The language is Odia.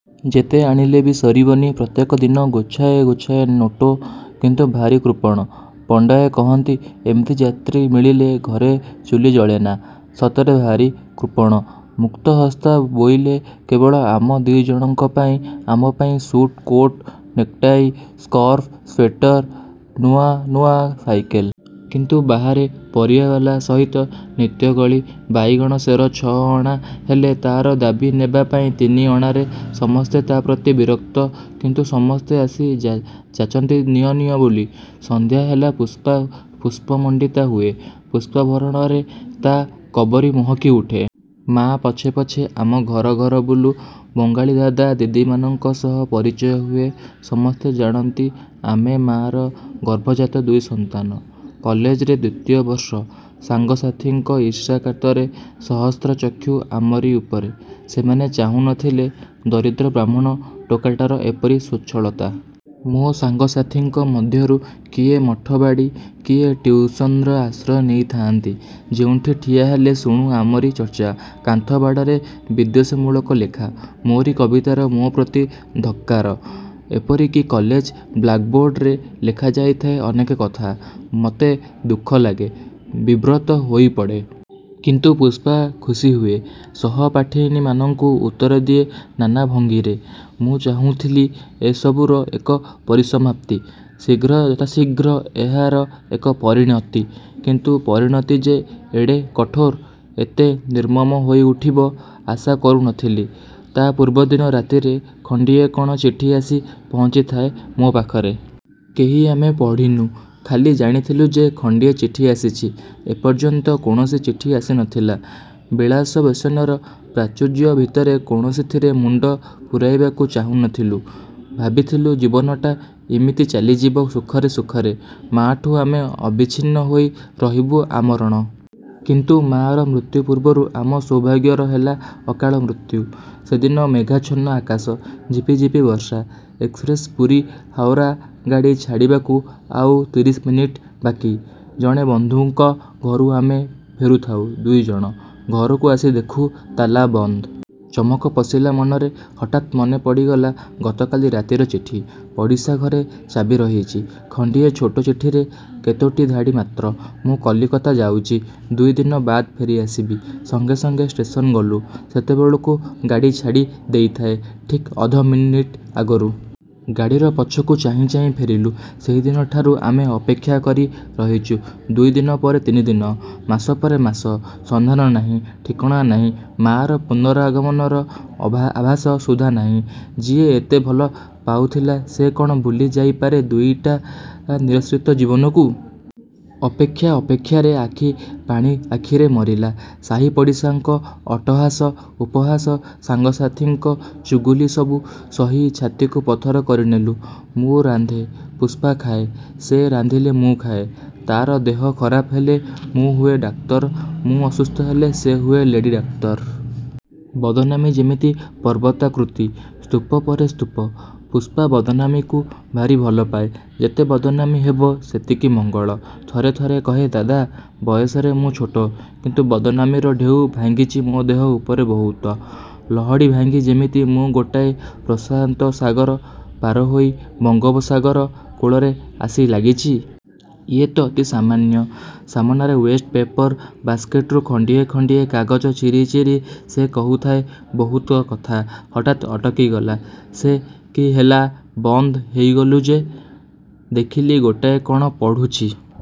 ଯେତେ ଆଣିଲେ ବି ସରିବନି। ପ୍ରତ୍ୟେକ ଦିନ ଗୋଛାଏ ଗୋଛାଏ ନୋଟ। କିନ୍ତୁ ଭାରି କୃପଣ। ପଣ୍ଡାଏ କହନ୍ତି, ଏମିତି ଯାତ୍ରୀ ମିଳିଲେ ଘରେ ଚୁଲି ଜଳେନା। ସତରେ ଭାରି କୃପଣ। ମୁକ୍ତହସ୍ତା ବୋଇଲେ କେବଳ ଆମ ଦିଜଣଙ୍କ ପାଇଁ। ଆମ ପାଇଁ suit, coat, necktie, scarf, sweater, ନୂଆ ନୂଆ ସାଇକେଲ। କିନ୍ତୁ ବାହାରେ ପରିବାୱାଲା ସହିତ ନିତ୍ୟକଳି। ବାଇଗଣ ସେର ଛଅ ଅଣା ହେଲେ ତାର ଦାବୀ ନେବା ପାଇଁ ତିନି ଅଣାରେ। ସମସ୍ତେ ତା ପ୍ରତି ବିରକ୍ତ, କିନ୍ତୁ ସମସ୍ତେ ଆସି ଯା-ଯାଚନ୍ତି ନିଅ ନିଅ ବୋଲି। ସନ୍ଧ୍ୟା ହେଲେ ପୁଷ୍ପା ପୁଷ୍ପମଣ୍ଡିତା ହୁଏ। ପୁଷ୍ପାଭରଣରେ ତା କବରୀ ମହକି ଉଠେ। ମା ପଛେ ପଛେ ଆମ ଘର ଘର ବୁଲୁ। ବଙ୍ଗାଳୀଦାଦା ଦିଦିମାନଙ୍କ ସହ ପରିଚୟ ହୁଏ। ସମସ୍ତେ ଜାଣନ୍ତି, ଆମେ ମାର ଗର୍ଭଜାତ ଦୁଇ ସନ୍ତାନ। କଲେଜରେ ଦ୍ୱିତୀୟ ବର୍ଷ। ସାଙ୍ଗସାଥିଙ୍କ ଈର୍ଷାକାତରେ ସହସ୍ର ଚକ୍ଷୁ ଆମରି ଉପରେ। ସେମାନେ ଚାହୁଁ ନ ଥିଲେ ଦରିଦ୍ର ବ୍ରାହ୍ମଣ ଟୋକାଟାର ଏପରି ସ୍ୱଚ୍ଛଳତା। ମୋ ସାଙ୍ଗସାଥିଙ୍କ ମଧ୍ୟରୁ କିଏ ମଠବାଡ଼ି, କିଏ ଟ୍ୟୁସନର ଆଶ୍ରୟ ନେଇଥାଆନ୍ତି। ଯେଉଁଠି ଠିଆହେଲେ ଶୁଣୁ ଆମରି ଚର୍ଚ୍ଚା। କାନ୍ଥ ବାଡ଼ରେ ବିଦ୍ୱେଷମୂଳକ ଲେଖା। ମୋରି କବିତାର ମୋ ପ୍ରତି ଧିକ୍କାର। ଏପରିକି କଲେଜ ବ୍ଲାକ୍‌ବୋର୍ଡରେ ଲେଖାଯାଇଥାଏ ଅନେକ କଥା। ମତେ ଦୁଃଖ ଲାଗେ। ବିବ୍ରତ ହୋଇପଡ଼େ। କିନ୍ତୁ ପୁଷ୍ପା ଖୁସି ହୁଏ। ସହପାଠିନୀମାନଙ୍କୁ ଉତ୍ତର ଦିଏ ନାନା ଭଙ୍ଗୀରେ। ମୁଁ ଚାହୁଁଥିଲି ଏସବୁର ଏକ ପରିସମାପ୍ତି। ଶୀଘ୍ର ଯଥାଶୀଘ୍ର ଏହାର ଏକ ପରିଣତି। କିନ୍ତୁ ପରିଣତି ଯେ ଏଡ଼େ କଠୋର, ଏତେ ନିର୍ମମ ହୋଇଉଠିବ, ଆଶା କରୁ ନ ଥିଲି। ତା ପୂର୍ବଦିନ ରାତିରେ ଖଣ୍ଡିଏ କଣ ଚିଠି ଆସି ପହଞ୍ଚିଥାଏ ମୋ ପାଖରେ। କେହି ଆମେ ପଢ଼ିନୁ। ଖାଲି ଜାଣିଥିଲୁ ଯେ ଖଣ୍ଡିଏ ଚିଠି ଆସିଛି। ଏପର୍ଯ୍ୟନ୍ତ କୌଣସି ଚିଠି ଆସି ନ ଥିଲା। ବିଳାସବ୍ୟସନର ପ୍ରାଚୁର୍ଯ୍ୟ ଭିତରେ କୌଣସିଥିରେ ମୁଣ୍ଡ ପୂରାଇବାକୁ ଚାହୁଁ ନ ଥିଲୁ। ଭାବିଥିଲୁ ଜୀବନଟା ଇମିତି ଚାଲିଯିବ ସୁଖରେ ସୁଖରେ। ମାଠୁ ଆମେ ଅବିଚ୍ଛିନ୍ନ ହୋଇ ରହିବୁ ଆମରଣ। କିନ୍ତୁ ମାର ମୃତ୍ୟୁ ପୂର୍ବରୁ ଆମ ସୌଭାଗ୍ୟର ହେଲା ଅକାଳ ମୃତ୍ୟୁ। ସେଦିନ ମେଘାଚ୍ଛନ୍ନ ଆକାଶ। ଝିପି ଝିପି ବର୍ଷା। ଏକ୍ସପ୍ରେସ ପୁରୀ ହାଉରା ଗାଡ଼ି ଛାଡ଼ିବାକୁ ଆଉ ତିରିଶ ମିନିଟ ବାକି। ଜଣେ ବନ୍ଧୁଙ୍କ ଘରୁ ଆମେ ଫେରୁଥାଉ ଦୁଇଜଣ। ଘରକୁ ଆସି ଦେଖୁ, ତାଲା ବନ୍ଦ। ଚମକ ପଶିଲା ମନରେ। ହଠାତ୍ ମନେ ପଡ଼ିଗଲା ଗତକାଲି ରାତିର ଚିଠି। ପଡ଼ିଶା ଘରେ ଚାବି ରହିଅଛି ଖଣ୍ଡିଏ ଛୋଟ ଚିଠିରେ କେତୋଟି ଧାଡ଼ି ମାତ୍ର। ମୁଁ କଲିକତା ଯାଉଚି, ଦୁଇଦିନ ବାଦ୍ ଫେରିଆସିବି। ସଙ୍ଗେ ସଙ୍ଗେ ଷ୍ଟେସନ ଗଲୁ। ସେତେବେଳକୁ ଗାଡ଼ି ଛାଡ଼ି ଦେଇଥାଏ ଠିକ୍ ଅଧ ମିନିଟ ଆଗରୁ। ଗାଡ଼ିର ପଛକୁ ଚାହିଁ ଚାହିଁ ଫେରିଲୁ। ସେହିଦିନଠାରୁ ଆମେ ଅପେକ୍ଷା କରି ରହିଚୁ। ଦୁଇ ଦିନପରେ ତିନି ଦିନ, ମାସ ପରେ ମାସ। ସନ୍ଧାନ ନାହିଁ, ଠିକଣା ନାହିଁ। ମା'ର ପୁନରାଗମନର ଅ ଆଭାସ ସୁଦ୍ଧା ନାହିଁ। ଯିଏ ଏତେ ଭଲ ପାଉଥିଲା, ସେ କଣ ଭୁଲିଯାଇପାରେ ଦୁଇଟା ନିରାଶ୍ରିତ ଜୀବନକୁ? ଅପେକ୍ଷା ଅପେକ୍ଷାରେ ଆଖିପାଣି ଆଖିରେ ମରିଲା। ସାହିପଡ଼ିଶାଙ୍କ ଅଟ୍ଟହାସ, ଉପହାସ, ସାଙ୍ଗସାଥିଙ୍କ ଚୁଗୁଲି ସବୁ ସହି ଛାତିକୁ ପଥର କରିନେଲୁ। ମୁଁ ରାନ୍ଧେ, ପୁଷ୍ପା ଖାଏ, ସେ ରାନ୍ଧିଲେ ମୁଁ ଖାଏ। ତାର ଦେହ ଖରାପ ହେଲେ ମୁଁ ହୁଏ ଡାକ୍ତର, ମୁଁ ଅସୁସ୍ଥ ହେଲେ ସେ ହୁଏ ଲେଡି ଡାକ୍ତର। ବଦନାମି ଯେମିତି ପର୍ବତାକୃତି। ସ୍ତୂପ ପରେ ସ୍ତୂପ। ପୁଷ୍ପା ବଦନାମିକୁ ଭାରି ଭଲ ପାଏ। ଯେତେ ବଦନାମି ହେବ, ସେତିକି ମଙ୍ଗଳ। ଥରେ ଥରେ କହେ ଦାଦା, ବୟସରେ ମୁଁ ଛୋଟ କିନ୍ତୁ ବଦନାମିର ଢେଉ ଭାଙ୍ଗିଚି ମୋ ଦେହ ଉପରେ ବହୁତ। ଲହଡ଼ି ଭାଙ୍ଗି ଯେମିତି ମୁଁ ଗୋଟାଏ ପ୍ରଶାନ୍ତସାଗର ପାରହୋଇ ବଙ୍ଗୋପସାଗର କୂଳରେ ଆସି ଲାଗିଚି। ଇଏ ତ ଅତି ସାମାନ୍ୟ। ସାମନାରେ ୱେଷ୍ଟ ପେପର ବାସ୍କେଟରୁ ଖଣ୍ଡିଏ ଖଣ୍ଡିଏ କାଗଜ ଚିରି ଚିରି ସେ କହୁଥାଏ ବହୁତ କଥା। ହଠାତ୍ ଅଟକିଗଲା ସେ। କି ହେଲା, ବନ୍ଦ ହେଇଗଲୁ ଯେ? ଦେଖିଲି ଗୋଟାଏ କଣ ପଢ଼ୁଛି।